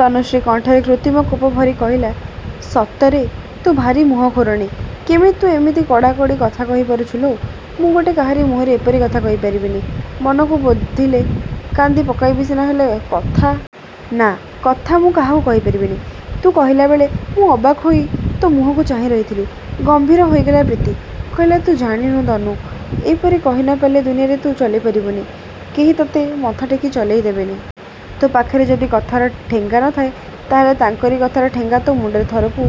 ତନୁଶ୍ରୀ କଣ୍ଠରେ କୃତ୍ରିମ କୋପ ଭରି କହିଲା ସତରେ ତୁ ଭାରି ମୁହଁ ଖୋରଣୀ। କେମିତି ତୁ ଏମିତି କଡ଼ା କଡ଼ି କଥା କହି ପାରୁଛୁ ଲୋ? ମୁଁ ଗୋଟେ କାହାରି ମୁହଁରେ ଏପରି କଥା କହି ପାରିବିନି। ମନକୁ ବୋଧିଲେ କାନ୍ଦି ପକାଇବି ସିନା, ହେଲେ କଥା? ନା କଥା ମୁଁ କାହାକୁ କହି ପାରିବିନି। ତୁ କହିଲା ବେଳେ ମୁଁ ଅବାକ୍ ହୋଇ ତୋ ମୁହଁକୁ ଚାହିଁ ରହିଥିଲି। ଗମ୍ଭୀର ହୋଇଗଲା ପ୍ରୀତି, କହିଲା ତୁ ଜାଣିନୁ ତନୁ, ଏପରି କହି ନ ପାରିଲେ ଦୁନିଆରେ ତୁ ଚଲି ପାରିବୁନି। କେହି ତତେ ମଥା ଟେକି ଚଲେଇ ଦେବେନି। ତୋ ପାଖରେ ଯଦି କଥାର ଠେଙ୍ଗା ନ ଥାଏ, ତାହେଲେ ତାଙ୍କରି କଥାର ଠେଙ୍ଗା ତୋ ମୁଣ୍ଡରେ ଥରକୁ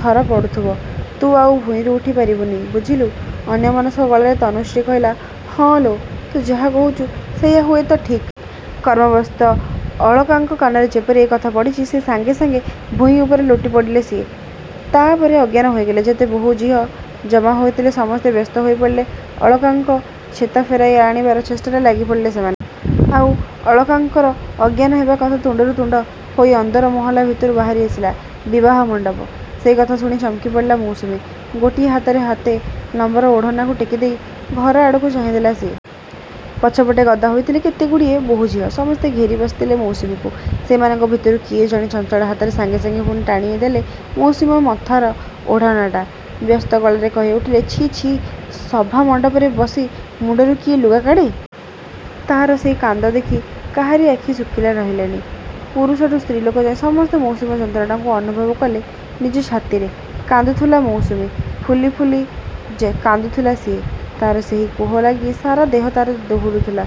ଥର ପଡ଼ୁଥିବ। ତୁ ଆଉ ଭୂଇଁରୁ ଉଠି ପାରିବୁନି। ବୁଝିଲୁ? ଅନ୍ୟମନସ୍କ ଗଳାରେ ତନୁଶ୍ରୀ କହିଲା ହଁ ଲୋ, ତୁ ଯାହା କହୁଛୁ ସେଇଆ ହୁଏତ ଠିକ୍। କର୍ମବ୍ୟସ୍ତ ଅଳକାଙ୍କ କାନରେ ଯେପରି ଏ କଥା ପଡ଼ିଛି, ସେଇ ସାଙ୍ଗେ ସାଙ୍ଗେ ଭୂଇଁ ଉପରେ ଲୋଟି ପଡ଼ିଲେ ସିଏ। ତା' ପରେ ଅଜ୍ଞାନ ହୋଇଗଲେ। ଯେତେ ବୋହୂ ଝିଅ ଜମା ହୋଇଥିଲେ ସମସ୍ତେ ବ୍ୟସ୍ତ ହୋଇ ପଡ଼ିଲେ। ଅଳକାଙ୍କ ଚେତା ଫେରାଇ ଆଣିବାର ଚେଷ୍ଟାରେ ଲାଗି ପଡ଼ିଲେ ସେମା। ଆଉ ଅଳକାଙ୍କର ଅଜ୍ଞାନ ହେବା କଥା ତୁଣ୍ଡରୁ ତୁଣ୍ଡ ହୋଇ ଅନ୍ଦର ମହଲା ଭିତରୁ ବାହାରି ଆସିଲା ବିବାହ ମଣ୍ଡପ। ସେଇ କଥା ଶୁଣି ଚମକି ପଡ଼ିଲା ମୌସୁମୀ। ଗୋଟିଏ ହାତରେ ହାତେ ଲମ୍ବର ଓଢ଼ଣାକୁ ଟେକି ଦେଇ ଘର ଆଡ଼କୁ ଚାହିଁ ଦେଲା ସିଏ। ପଛପଟେ ଗଦା ହୋଇଥିଲେ କେତେଗୁଡ଼ିଏ ବୋହୂ ଝିଅ। ସମସ୍ତେ ଘେରି ବସିଥିଲେ ମୌସୁମୀକୁ। ସେଇମାନଙ୍କ ଭିତରୁ କିଏ ଜଣେ ଚଞ୍ଚଳ ହାତରେ ସାଙ୍ଗେ ସାଙ୍ଗେ ପୁଣି ଟାଣି ଦେଲେ ମୌସୁମୀ ମଥାର ଓଢ଼ଣାଟା। ବ୍ୟସ୍ତ ଗଳାରେ କହି ଉଠିଲେ ଛି, ଛି, ସଭାମଣ୍ଡପରେ ବସି ମୁଣ୍ଡରୁ କିଏ ଲୁଗା କାଢ଼େ? ତା'ର ସେଇ କାନ୍ଦ ଦେଖି କାହାରି ଆଖି ଶୁଖିଲା ରହିଲାନି। ପୁରୁଷଠୁ ସ୍ତ୍ରୀଲୋକ ଯାଏ ସମସ୍ତେ ମୌସୁମୀର ଯନ୍ତ୍ରଣାକୁ ଅନୁଭବ କଲେ ନିଜ ଛାତିରେ। କାନ୍ଦୁଥିଲା ମୌସୁମୀ। ଫୁଲି ଫୁଲି ଯେ କାନ୍ଦୁଥିଲା ସିଏ। ତା'ର ସେହି କୋହ ଲାଗି ସାରା ଦେହ ତା'ର ଦୋହଲୁଥିଲା।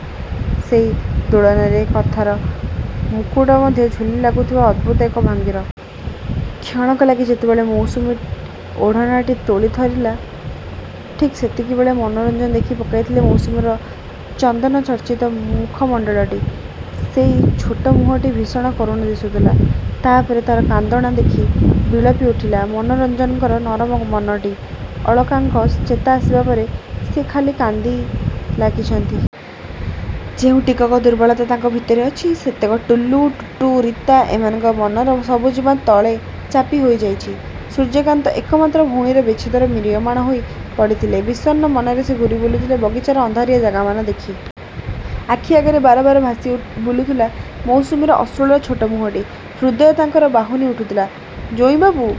ସେଇ ଦୋଳନରେ ମଥାର ମୁକୁଟ ମଧ୍ୟ ଝୁଲି ଲାଗୁଥିବା ଅଦ୍ଭୁତ ଏକ ଭଙ୍ଗୀରେ। କ୍ଷଣକ ଲାଗି ଯେତେବେଳେ ମୌସୁମୀ ଓଢ଼ଣାଟି ତୋଳି ଧରିଥିଲା, ଠିକ୍ ସେତିକିବେଳେ ମନୋରଞ୍ଜନ ଦେଖି ପକାଇଥିଲେ ମୌସୁମୀର ଚନ୍ଦନଚର୍ଚ୍ଚିତ ମୁଖମଣ୍ଡଳଟି। ସେଇ ଛୋଟ ମୁହଁଟି ଭୀଷଣ କରୁଣ ଦିଶୁଥିଲା। ତା' ପରେ ତା'ର କାନ୍ଦଣା ଦେଖି ବିଳପି ଉଠିଲା ମନୋରଞ୍ଜନଙ୍କର ନରମ ମନଟି। ଅଳକାଙ୍କ ଚେତା ଆସିବା ପରେ ସେ ଖାଲି କାନ୍ଦି ଲାଗିଛନ୍ତି। ଯେଉଁ ଟିକକ ଦୁର୍ବଳତା ତାଙ୍କ ଭିତରେ ଅଛି, ସେତକ ଟୁଲୁ, ଟୁଟୁ, ରୀତା ଏମାନଙ୍କ ମନର ସବୁଜିମା ତଳେ ଚାପି ହୋଇ ଯାଇଛି। ସୂର୍ଯ୍ୟକାନ୍ତ ଏକମାତ୍ର ଭଉଣୀର ବିଚ୍ଛେଦରେ ମ୍ରିୟମାଣ ହୋଇ ପଡ଼ିଥିଲେ। ବିଷନ୍ନ ମନରେ ସେ ଘୂରି ବୁଲୁଥିଲେ ବଗିଚାର ଅନ୍ଧାରିଆ ଜାଗାମାନ ଦେଖି। ଆଖି ଆଗରେ ବାର ବାର ଭାସି ବୁଲୁଥିଲା ମୌସୁମୀର ଅଶ୍ରୁଳ ଛୋଟ ମୁହଁଟି। ହୃଦୟ ତାଙ୍କର ବାହୁନି ଉଠୁଥିଲା। ଜୋଇଁବାବୁ।